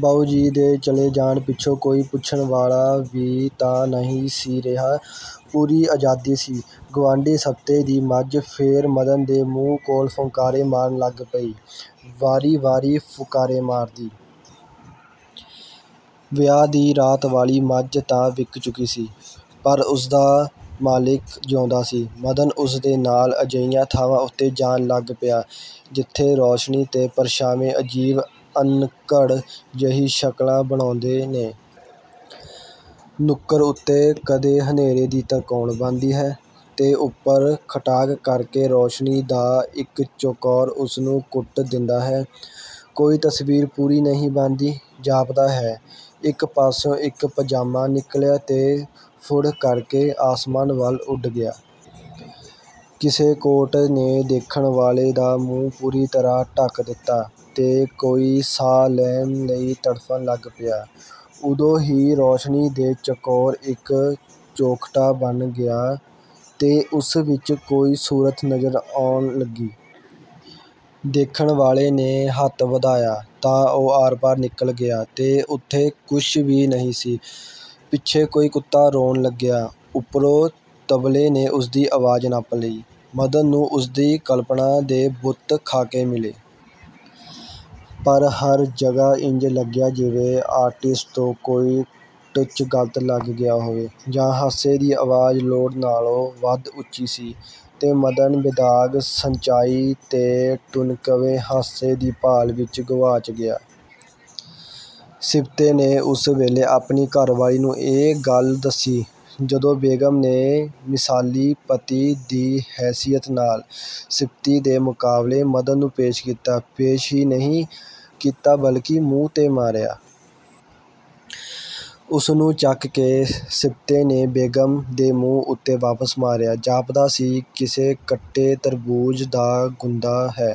ਬਾਊਜੀ ਦੇ ਚਲੇ ਜਾਣ ਪਿੱਛੋਂ ਕੋਈ ਪੁੱਛਣ ਵਾਲਾ ਵੀ ਤਾਂ ਨਹੀਂ ਸੀ ਰਿਹਾ। ਪੂਰੀ ਆਜ਼ਾਦੀ ਸੀ। ਗੁਆਂਢੀ ਸਿਬਤੇ ਦੀ ਮੱਝ ਫੇਰ ਮਦਨ ਦੇ ਮੂੰਹ ਕੋਲ ਫੁਕਾਰੇ ਮਾਰਨ ਲੱਗ ਪਈ; ਵਾਰੀ ਵਾਰੀ ਫੁਕਾਰੇ ਮਾਰਦੀ। ਵਿਆਹ ਦੀ ਰਾਤ ਵਾਲੀ ਮੱਝ ਤਾਂ ਵਿਕ ਚੁੱਕੀ ਸੀ, ਪਰ ਉਸਦਾ ਮਾਲਿਕ ਜਿਉਂਦਾ ਸੀ। ਮਦਨ ਉਸ ਦੇ ਨਾਲ ਅਜਿਹੀਆਂ ਥਾਵਾਂ ਉੱਤੇ ਜਾਣ ਲੱਗ ਪਿਆ, ਜਿੱਥੇ ਰੌਸ਼ਨੀ ਤੇ ਪ੍ਰਛਾਵੇਂ ਅਜੀਬ ਅਣਘੜ ਜਿਹੀ ਸ਼ਕਲਾਂ ਬਣਾਉਦੇ ਨੇ। ਨੁੱਕਰ ਉੱਤੇ ਕਦੀ ਹਨੇਰੇ ਦੀ ਤਿਕੋਨ ਬਣਦੀ ਹੈ ਤੇ ਉਪਰ ਖਟਾਕ ਕਰਕੇ ਰੌਸ਼ਨੀ ਦਾ ਇਕ ਚਕੋਰ ਉਸਨੂੰ ਕੁੱਟ ਦਿੰਦਾ ਹੈ। ਕੋਈ ਤਸਵੀਰ ਪੂਰੀ ਨਹੀਂ ਬਣਦੀ। ਜਾਪਦਾ ਹੈ, ਇਕ ਪਾਸਿਓਂ ਇਕ ਪਾਜਾਮਾ ਨਿਕਲਿਆ ਤੇ ਫੁਰਰ ਕਰਕੇ ਆਸਮਾਨ ਵੱਲ ਉੱਡ ਗਿਆ। ਕਿਸੇ ਕੋਟ ਨੇ ਦੇਖਣ ਵਾਲੇ ਦਾ ਮੂੰਹ ਪੂਰੀ ਤਰ੍ਹਾਂ ਢਕ ਦਿਤਾ ਤੇ ਕੋਈ ਸਾਹ ਲੈਣ ਲਈ ਤੜਫਨ ਲੱਗ ਪਿਆ। ਉਦੋਂ ਹੀ ਰੌਸ਼ਨੀ ਦੇ ਚਕੋਰ ਇਕ ਚੌਖ਼ਟਾ ਬਣ ਗਿਆ ਤੇ ਉਸ ਵਿਚ ਕੋਈ ਸੂਰਤ ਨਜ਼ਰ ਆਉਣ ਲੱਗੀ। ਦੇਖਣ ਵਾਲੇ ਨੇ ਹੱਥ ਵਧਾਇਆ ਤਾਂ ਉਹ ਆਰਪਾਰ ਨਿਕਲ ਗਿਆ ਤੇ ਉੱਥੇ ਕੁਸ਼ ਵੀ ਨਹੀਂ ਸੀ। ਪਿੱਛੇ ਕੋਈ ਕੁੱਤਾ ਰੋਣ ਲੱਗਿਆ, ਉਪਰੋਂ ਤਬਲੇ ਨੇ ਉਸਦੀ ਆਵਾਜ਼ ਨੱਪ ਲਈ। ਮਦਨ ਨੂੰ ਉਸਦੀ ਕਲਪਣਾ ਦੇ ਬੁੱਤ–ਖ਼ਾਕੇ ਮਿਲੇ। ਪਰ ਹਰ ਜਗ੍ਹਾ ਇੰਜ ਲੱਗਿਆ ਜਿਵੇਂ ਆਰਟਿਸਟ ਤੋਂ ਕੋਈ ਟੱਚ ਗਲਤ ਲੱਗ ਗਿਆ ਹੋਵੇ। ਜਾਂ ਹਾਸੇ ਦੀ ਆਵਾਜ਼ ਲੋੜ ਨਾਲੋਂ ਵੱਧ ਉੱਚੀ ਸੀ ਤੇ ਮਦਨ ਬੇਦਾਗ ਸੰਚਾਈ ਤੇ ਟੁਣਕਵੇਂ ਹਾਸੇ ਦੀ ਭਾਲ ਵਿਚ ਗਵਾਚ ਗਿਆ। ਸਿਬਤੇ ਨੇ ਉਸ ਵੇਲੇ ਆਪਣੀ ਘਰਵਾਲੀ ਨੂੰ ਇਹ ਗੱਲ ਦੱਸੀ, ਜਦੋਂ ਬੇਗ਼ਮ ਨੇ ਮਿਸਾਲੀ ਪਤੀ ਦੀ ਹੈਸੀਅਤ ਨਾਲ ਸਿਬਤੇ ਦੇ ਮੁਕਾਬਲੇ ਮਦਨ ਨੂੰ ਪੇਸ਼ ਕੀਤਾ; ਪੇਸ਼ ਹੀ ਨਹੀਂ ਕੀਤਾ ਬਲਿਕੇ ਮੂੰਹ 'ਤੇ ਮਾਰਿਆ। ਉਸਨੂੰ ਚੱਕ ਕੇ ਸਿਬਤੇ ਨੇ ਬੇਗ਼ਮ ਦੇ ਮੂੰਹ ਉੱਤੇ ਵਾਪਸ ਮਾਰਿਆ। ਜਾਪਦਾ ਸੀ ਕਿਸੇ ਕੱਟੇ ਤਰਬੂਜ਼ ਦਾ ਗੁਦਾ ਹੈ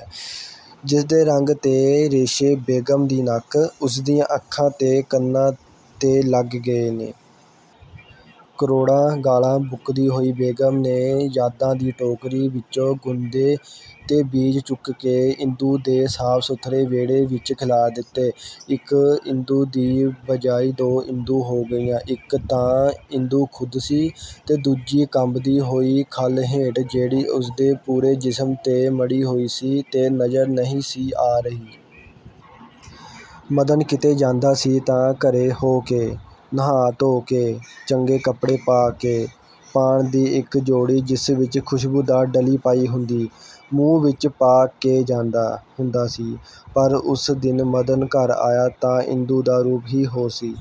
ਜਿਸਦੇ ਰੰਗ ਤੇ ਰੇਸ਼ੇ ਬੇਗ਼ਮ ਦੀ ਨੱਕ, ਉਸਦੀਆਂ ਅੱਖਾਂ ਤੇ ਕੰਨਾਂ 'ਤੇ ਲੱਗ ਗਏ ਨੇ। ਕਰੋੜਾਂ ਗਾਲ੍ਹਾਂ ਬਕਦੀ ਹੋਈ ਬੇਗ਼ਮ ਨੇ ਯਾਦਾਂ ਦੀ ਟੋਕਰੀ ਵਿਚੋਂ ਗੁੱਦਾ ਤੇ ਬੀਜ ਚੁੱਕ ਕੇ ਤੇ ਇੰਦੂ ਦੇ ਸਾਫ–ਸੁਥਰੇ ਵਿਹੜੇ ਵਿਚ ਖਿਲਾਰ ਦਿਤੇ। ਇਕ ਇੰਦੂ ਦੀ ਬਜਾਏ ਦੋ ਇੰਦੂ ਹੋ ਗਈਆਂ, ਇਕ ਤਾਂ ਇੰਦੂ ਖ਼ੁਦ ਸੀ ਤੇ ਦੂਜੀ ਕੰਬਦੀ ਹੋਈ ਖੱਲ ਹੇਠ ਜਿਹੜੀ ਉਸਦੇ ਪੂਰੇ ਜਿਸਮ 'ਤੇ ਮੜ੍ਹੀ ਹੋਈ ਸੀ ਤੇ ਨਜ਼ਰ ਨਹੀਂ ਸੀ ਆ ਰਹੀ। ਮਦਨ ਕਿਤੇ ਜਾਂਦਾ ਸੀ ਤਾਂ ਘਰੇ ਹੋ–ਕੇ, ਨਹਾ ਧੋ–ਕੇ, ਚੰਗੇ ਕਪੜੇ ਪਾ–ਕੇ, ਪਾਨ ਦੀ ਇਕ ਜੋੜੀ ਜਿਸ ਵਿਚ ਖੁਸ਼ਬੂਦਾਰ ਡਲੀ ਪਾਈ ਹੁੰਦੀ, ਮੂੰਹ ਵਿਚ ਪਾ–ਕੇ ਜਾਂਦਾ ਹੁੰਦਾ ਸੀ। ਪਰ ਉਸ ਦਿਨ ਮਦਨ ਘਰ ਆਇਆ ਤਾਂ ਇੰਦੂ ਦਾ ਰੂਪ ਹੀ ਹੋਰ ਸੀ।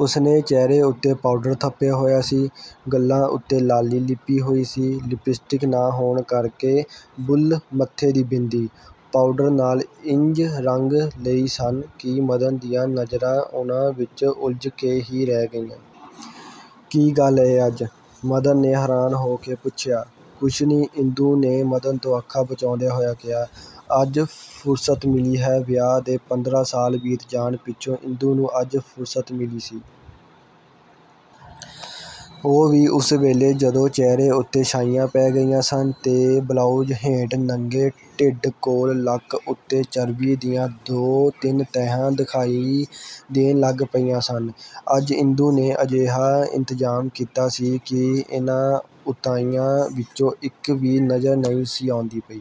ਉਸਨੇ ਚਿਹਰੇ ਉੱਤੇ ਪਾਊਡਰ ਥੱਪਿਆ ਹੋਇਆ ਸੀ। ਗੱਲ੍ਹਾਂ ਉੱਤੇ ਲਾਲੀ ਲਿੱਪੀ ਹੋਈ ਸੀ। ਲਿਪਸਟਿਕ ਨਾ ਹੋਣ ਕਰਕੇ ਬੁੱਲ੍ਹ ਮੱਥੇ ਦੀ ਬਿੰਦੀ–ਪਾਊਡਰ ਨਾਲ ਇੰਜ ਰੰਗ ਲਏ ਸਨ ਕਿ ਮਦਨ ਦੀਆਂ ਨਜ਼ਰਾਂ ਉਹਨਾਂ ਵਿਚ ਉਲਝ ਕੇ ਹੀ ਰਹਿ ਗਈਆਂ। "ਕੀ ਗੱਲ ਏ ਅੱਜ? " ਮਦਨ ਨੇ ਹੈਰਾਨ ਹੋ ਕੇ ਪੁੱਛਿਆ। "ਕੁਸ਼ ਨੀਂ," ਇੰਦੂ ਨੇ ਮਦਨ ਤੋਂ ਅੱਖਾਂ ਬਚਾਉਂਦਿਆਂ ਹੋਇਆਂ ਕਿਹਾ-"ਅੱਜ ਫ਼ੁਰਸਤ ਮਿਲੀ ਐ" ਵਿਆਹ ਦੇ ਪੰਦਰਾਂ ਸਾਲ ਬੀਤ ਜਾਣ ਪਿੱਛੋਂ ਇੰਦੂ ਨੂੰ ਅੱਜ ਫ਼ੁਰਸਤ ਮਿਲੀ ਸੀ। ਉਹ ਵੀ ਉਸ ਵੇਲੇ ਜਦੋਂ ਚਿਹਰੇ ਉੱਤੇ ਸ਼ਾਈਆਂ ਪੈ ਗਈਆਂ ਸਨ ਤੇ ਬਲਾਊਜ਼ ਹੇਠ ਨੰਗੇ ਢਿੱਡ ਕੋਲ ਲੱਕ ਉੱਤੇ ਚਰਬੀ ਦੀਆਂ ਦੋ ਤਿੰਨ ਤੈਹਾਂ ਦਿਖਾਈ ਦੇਣ ਲੱਗ ਪਈਆਂ ਸਨ। ਅੱਜ ਇੰਦੂ ਨੇ ਅਜਿਹਾ ਇੰਤਜ਼ਾਮ ਕੀਤਾ ਸੀ ਕਿ ਇਹਨਾਂ ਉਣਤਾਈਆਂ ਵਿਚੋਂ ਇਕ ਵੀ ਨਜ਼ਰ ਨਹੀਂ ਸੀ ਆਉਂਦੀ ਪਈ।